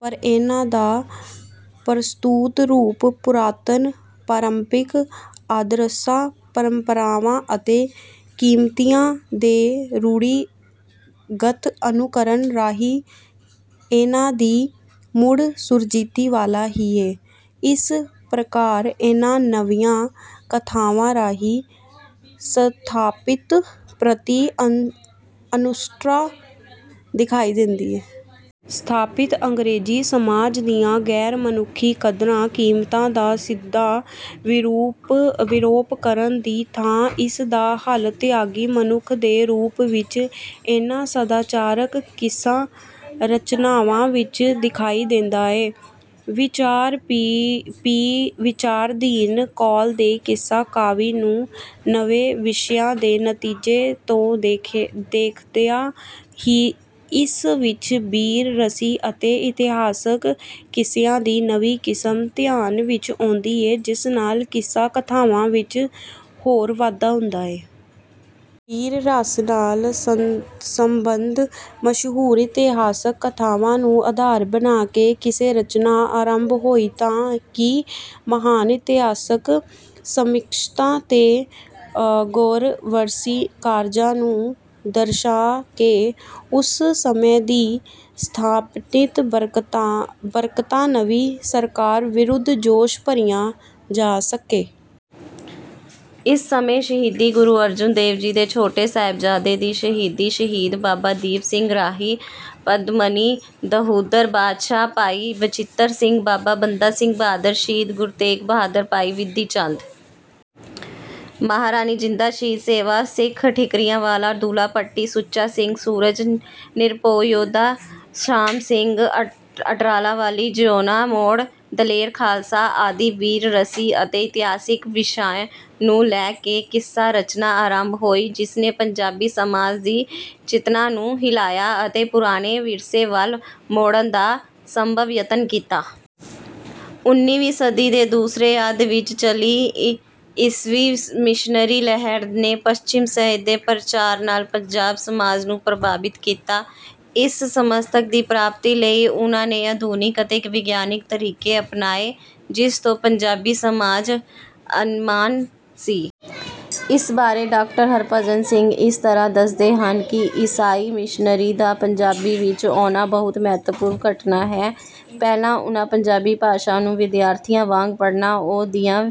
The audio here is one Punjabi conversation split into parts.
ਪਰ ਇਨ੍ਹਾਂ ਦਾ ਪ੍ਰਸਤੁਤ ਰੂਪ ਪੁਰਾਤਨ ਧਾਰਮਿਕ ਆਦਰਸ਼ਾਂ ਪਰੰਪਰਾਵਾਂ ਅਤੇ ਕੀਮਤਾਂ ਦੇ ਰੂੜ੍ਹੀਗਤ ਅਨੁਕਰਣ ਰਾਹੀਂ ਇਨ੍ਹਾਂ ਦੀ ਮੁੜ ਸੁਰਜੀਤੀ ਵਾਲਾ ਹੀ ਹੈ। ਇਸ ਪ੍ਰਕਾਰ ਇਨ੍ਹਾਂ ਨਵੀਆਂ ਕਥਾਵਾਂ ਰਾਹੀਂ ਸਥਾਪਤੀ ਪ੍ਰਤੀ ਅਸੰਤੁਸ਼ਟਤਾ ਦਿਖਾਈ ਦਿੰਦੀ ਹੈ। ਸਥਾਪਿਤ ਅੰਗਰੇਜ਼ੀ ਸਮਾਜ ਦੀਆਂ ਗੈਰ ਮਨੁੱਖੀ ਕਦਰਾਂ ਕੀਮਤਾਂ ਦਾ ਸਿੱਧਾ ਵਿਰੋਧ ਕਰਨ ਦੀ ਥਾਂ ਇਸ ਦਾ ਹੱਲ ਤਿਆਗੀ ਮਨੁੱਖ ਦੇ ਰੂਪ ਵਿੱਚ ਇਨ੍ਹਾਂ ਸਦਾਚਾਰਕ ਕਿੱਸਾ ਰਚਨਾਵਾਂ ਵਿੱਚ ਦਿਖਾਈ ਦਿੰਦਾ ਹੈ। ਵਿਚਾਰਧੀਨ ਕਾਲ ਦੇ ਕਿੱਸਾ ਕਾਵਿ ਨੂੰ ਨਵੇਂ ਵਿਸ਼ਿਆਂ ਦੇ ਨਜ਼ਰੀਏ ਤੋਂ ਦੇਖਦਿਆਂ ਇਸ ਵਿੱਚ ਬੀਰ ਰਸੀ ਅਤੇ ਇਤਿਹਾਸਕ ਕਿੱਸਿਆਂ ਦੀ ਨਵੀਂ ਕਿਸਮ ਧਿਆਨ ਵਿੱਚ ਆਉਂਦੀ ਹੈ ਜਿਸ ਨਾਲ ਕਿੱਸਾ ਕਥਾਵਾਂ ਵਿੱਚ ਹੋਰ ਵਾਧਾ ਹੁੰਦਾ ਹੈ। ਬੀਰ ਰਸ ਨਾਲ ਸੰਬੰਧਤ ਮਸ਼ਹੂਰ ਇਤਿਹਾਸਕ ਕਥਾਵਾਂ ਨੂੰ ਅਧਾਰ ਬਣਾ ਕੇ ਕਿੱਸਾ ਰਚਨਾ ਆਰੰਭ ਹੋਈ ਤਾਂ ਕਿ ਮਹਾਨ ਇਤਿਹਾਸਕ ਸ਼ਖਸੀਅਤਾਂ ਦੇ ਗੌਰਵਮਈ ਕਾਰਜਾਂ ਨੂੰ ਦਰਸਾ ਕੇ ਉਸ ਸਮੇਂ ਦੀ ਸਥਾਪਿਤ ਬਰਤਾਨਵੀਂ ਸਰਕਾਰ ਵਿਰੁੱਧ ਜੋਸ਼ ਭਰਿਆ ਜਾ ਸਕੇ। ਇਸ ਸਮੇਂ ਸ਼ਹੀਦੀ ਗੁਰੂ ਅਰਜਨ ਦੇਵ ਜੀ ਦੇ ਛੋਟੇ ਸਾਹਿਬਜ਼ਾਦੇ ਦੀ ਸ਼ਹੀਦੀ ਸ਼ਹੀਦ ਬਾਬਾ ਦੀਪ ਸਿੰਘ ਰਾਹੀ ਪਦਮਣੀ ਦਹੂਦਰ ਬਾਦਸ਼ਾਹ ਭਾਈ ਬਚਿੱਤਰ ਸਿੰਘ ਬਾਬਾ ਬੰਦਾ ਸਿੰਘ ਬਹਾਦਰ ਸ਼ਹੀਦ ਗੁਰੂ ਤੇਗ ਬਹਾਦਰ ਭਾਈ ਬਿਧੀ ਚੰਦ ਮਹਾਰਾਣੀ ਜਿੰਦਾਂ ਸ਼ਹੀਦ ਸੇਵਾ ਸਿੰਘ ਠੀਕਰੀਵਾਲਾਂ ਦੁੱਲਾ ਭੱਟੀ ਸੁੱਚਾ ਸਿੰਘ ਸੂਰਮਾ ਨਿਰਭੈ ਯੋਧਾ ਸ਼ਾਮ ਸਿੰਘ ਅਟਾਰੀਵਾਲਾ ਜਿਉਣਾ ਮੋੜ ਦਲੇਰ ਖਾਲਸਾ ਆਦਿ ਬੀਰ ਰਸੀ ਅਤੇ ਇਤਿਹਾਸਕ ਵਿਸ਼ਿਆਂ ਨੂੰ ਲੈ ਕੇ ਕਿੱਸਾ ਰਚਨਾ ਆਰੰਭ ਹੋਈ ਜਿਸ ਨੇ ਪੰਜਾਬੀ ਸਮਾਜ ਦੀ ਚੇਤਨਾ ਨੂੰ ਹਿਲਾਇਆ ਅਤੇ ਪੁਰਾਣੇ ਵਿਰਸੇ ਵੱਲ ਮੋੜਨ ਦਾ ਸੰਭਵ ਯਤਨ ਕੀਤਾ। ਉਨ੍ਹੀਵੀਂ ਸਦੀ ਦੇ ਦੂਸਰੇ ਅੱਧ ਵਿੱਚ ਚੱਲੀ ਈਸਾਈ ਮਿਸ਼ਨਰੀ ਲਹਿਰ ਨੇ ਪੱਛਮੀ ਸਾਹਿਤ ਦੇ ਪ੍ਰਚਾਰ ਨਾਲ ਪੰਜਾਬ ਸਮਾਜ ਨੂੰ ਪ੍ਰਭਾਵਿਤ ਕੀਤਾ। ਇਸ ਮਕਸਦ ਦੀ ਪ੍ਰਾਪਤੀ ਲਈ ਉਨ੍ਹਾਂ ਨੇ ਆਧੁਨਿਕ ਤੇ ਵਿਗਿਆਨਕ ਤਰੀਕਾ ਅਪਨਾਇਆ ਜਿਸ ਤੋਂ ਪੰਜਾਬੀ ਸਮਾਜ ਅਣਜਾਣ ਸੀ। ਇਸ ਬਾਰੇ ਡਾ ਹਰਿਭਜਨ ਸਿੰਘ ਇਸ ਤਰ੍ਹਾਂ ਦੱਸਦੇ ਹਨ ਕਿ ਈਸਾਈ ਮਿਸ਼ਨਰੀਆਂ ਦਾ ਪੰਜਾਬ ਵਿੱਚ ਆਉਣਾ ਬਹੁਤ ਮਹੱਤਵਪੂਰਨ ਘਟਨਾ ਹੈ। ਪਹਿਲਾਂ ਉਨ੍ਹਾਂ ਪੰਜਾਬੀ ਭਾਸ਼ਾ ਨੂੰ ਵਿਦਿਆਰਥੀਆਂ ਵਾਂਗ ਪੜ੍ਹਿਆ ਉਹ ਦੀਆਂ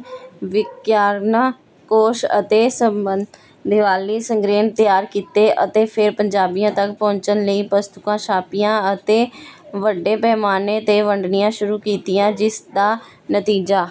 ਵਿਆਕਰਨਾਂ ਕੋਸ਼ ਅਤੇ ਸ਼ਬਦਾਵਲੀ ਸੰਗ੍ਰਹਿ ਤਿਆਰ ਕੀਤੇ ਅਤੇ ਫੇਰ ਪੰਜਾਬੀਆਂ ਤੱਕ ਪਹੁੰਚਣ ਲਈ ਪੁਸਤਕਾਂ ਛਾਪਣੀਆਂ ਅਤੇ ਵੱਡੇ ਪੈਮਾਨੇ ਤੇ ਵੰਡਣੀਆਂ ਸ਼ੁਰੂ ਕੀਤੀਆਂ। ਜਿਸ ਦਾ ਨਤੀਜਾ